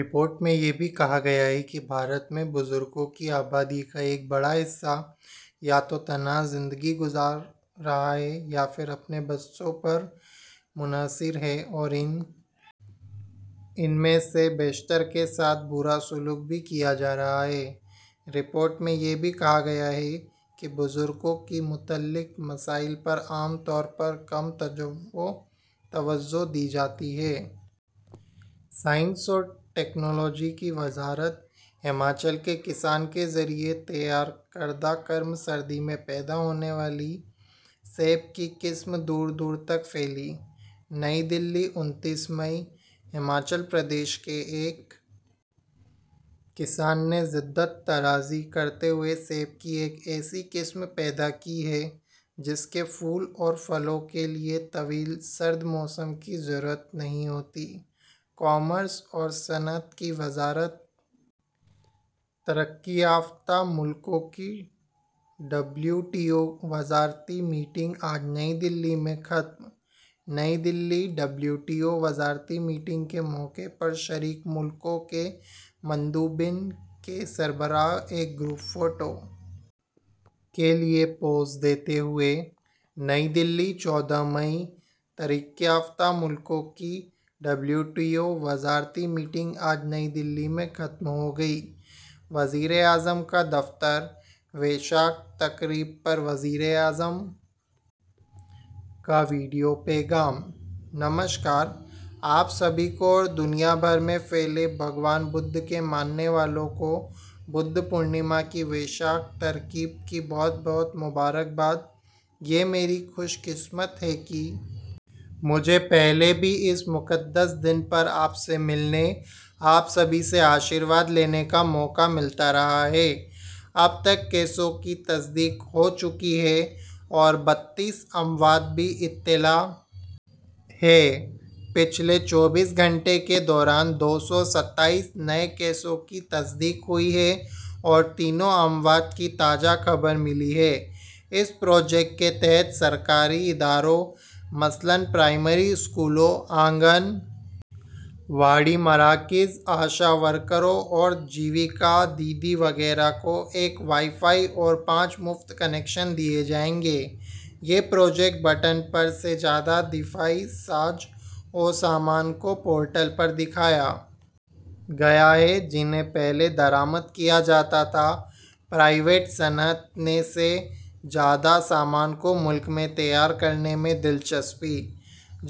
report میں یہ بھی کہا گیا ہے کہ بھارت میں بزرگوں کی آبادی کا ایک بڑا حصہ یا تو تنہا زندگی گزار رہا ہے یا پھر اپنے بچوں پر منحصر ہے اور ان میں سے بیشتر کے ساتھ برا سلوک بھی کیا جا رہا ہے رپورٹ میں یہ بھی کہا گیا ہے کہ بزرگوں سے متعلق مسائل پر عام طور پر کم توجہ دی جاتی ہے سائنس اور ٹیکنالوجی کی وزارت ہماچل کے کسان کے ذریعے تیار کردہ کم سردی میں پیدا ہونے والے سیب کی قسم دور دور تک پھیلی نئی دہلی انتیس مئی ہماچل پردیش کے ایک کسان نے جدت طرازی کرتے ہوئے سیب کی ایک ایسی قسم پیدا کی ہے جس کے پھول اور پھلوں کے لیے طویل سرد موسم کی ضرورت نہیں ہوتی کامرس اور صنعت کی وزارت ترقی پذیر ملکوں کی ڈبلیو ٹی او وزارتی میٹنگ آج نئی دہلی میں ختم New Delhi W T O وزارتی میٹنگ کے موقع پر شریک ملکوں کے مندوبین کے سربراہ ایک گروپ فوٹو کے لیے پوز دیتے ہوئے نئی دہلی چودہ مئی ترقی پذیر ملکوں کی ڈبلیو ٹی او وزارتی میٹنگ آج نئی دہلی میں ختم ہو گئی وزیراعظم کا دفتر ویشاکھ تقریب پر وزیر اعظم کا ویڈیو پیغام نمسکار آپ سبھی کو اور دنیا بھر میں پھیلے بھگوان بدھ کے ماننے والوں کو بدھ پورنیما کی ویشاکھ تقریب کی بہت بہت مبارکباد یہ میری خوش قسمتی ہے کہ مجھے پہلے بھی اس مقدس دن پر آپ سے ملنے آپ سبھی سے آشیرواد لینے کا موقع ملتا رہا ہے اب تک کیسوں کی تصدیق ہو چکی ہے اور بتیس اموات کی اطلاع ہے پچھلے چوبیس گھنٹے کے دوران دو سو ستائیس نئے کیسوں کی تصدیق ہوئی ہے اور تین اموات کی تازہ خبر ملی ہے اس پروجیکٹ کے تحت سرکاری اداروں مثلاً پرائمری اسکولوں آنگن واڑی مراکز آشا ورکروں اور جیویکا دیدی وغیرہ کو ایک وائی فائی اور پانچ مفت کنکشن دیے جائیں گے یہ پروجیکٹ بٹن پر سے زیادہ دفاعی ساز و سامان کو پورٹل پر دکھایا گیا ہے جنہیں پہلے درآمد کیا جاتا تھا پرائیویٹ صنعت نے سے زیادہ سامان کو ملک میں تیار کرنے میں دلچسپی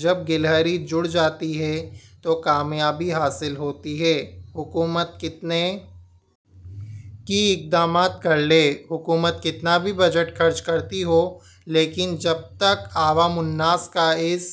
جب گلہری جڑ جاتی ہے تو کامیابی حاصل ہوتی ہے حکومت کتنے ہی اقدامات کر لے حکومت کتنا ہی بجٹ خرچ کرتی ہو لیکن جب تک عوام الناس کا اس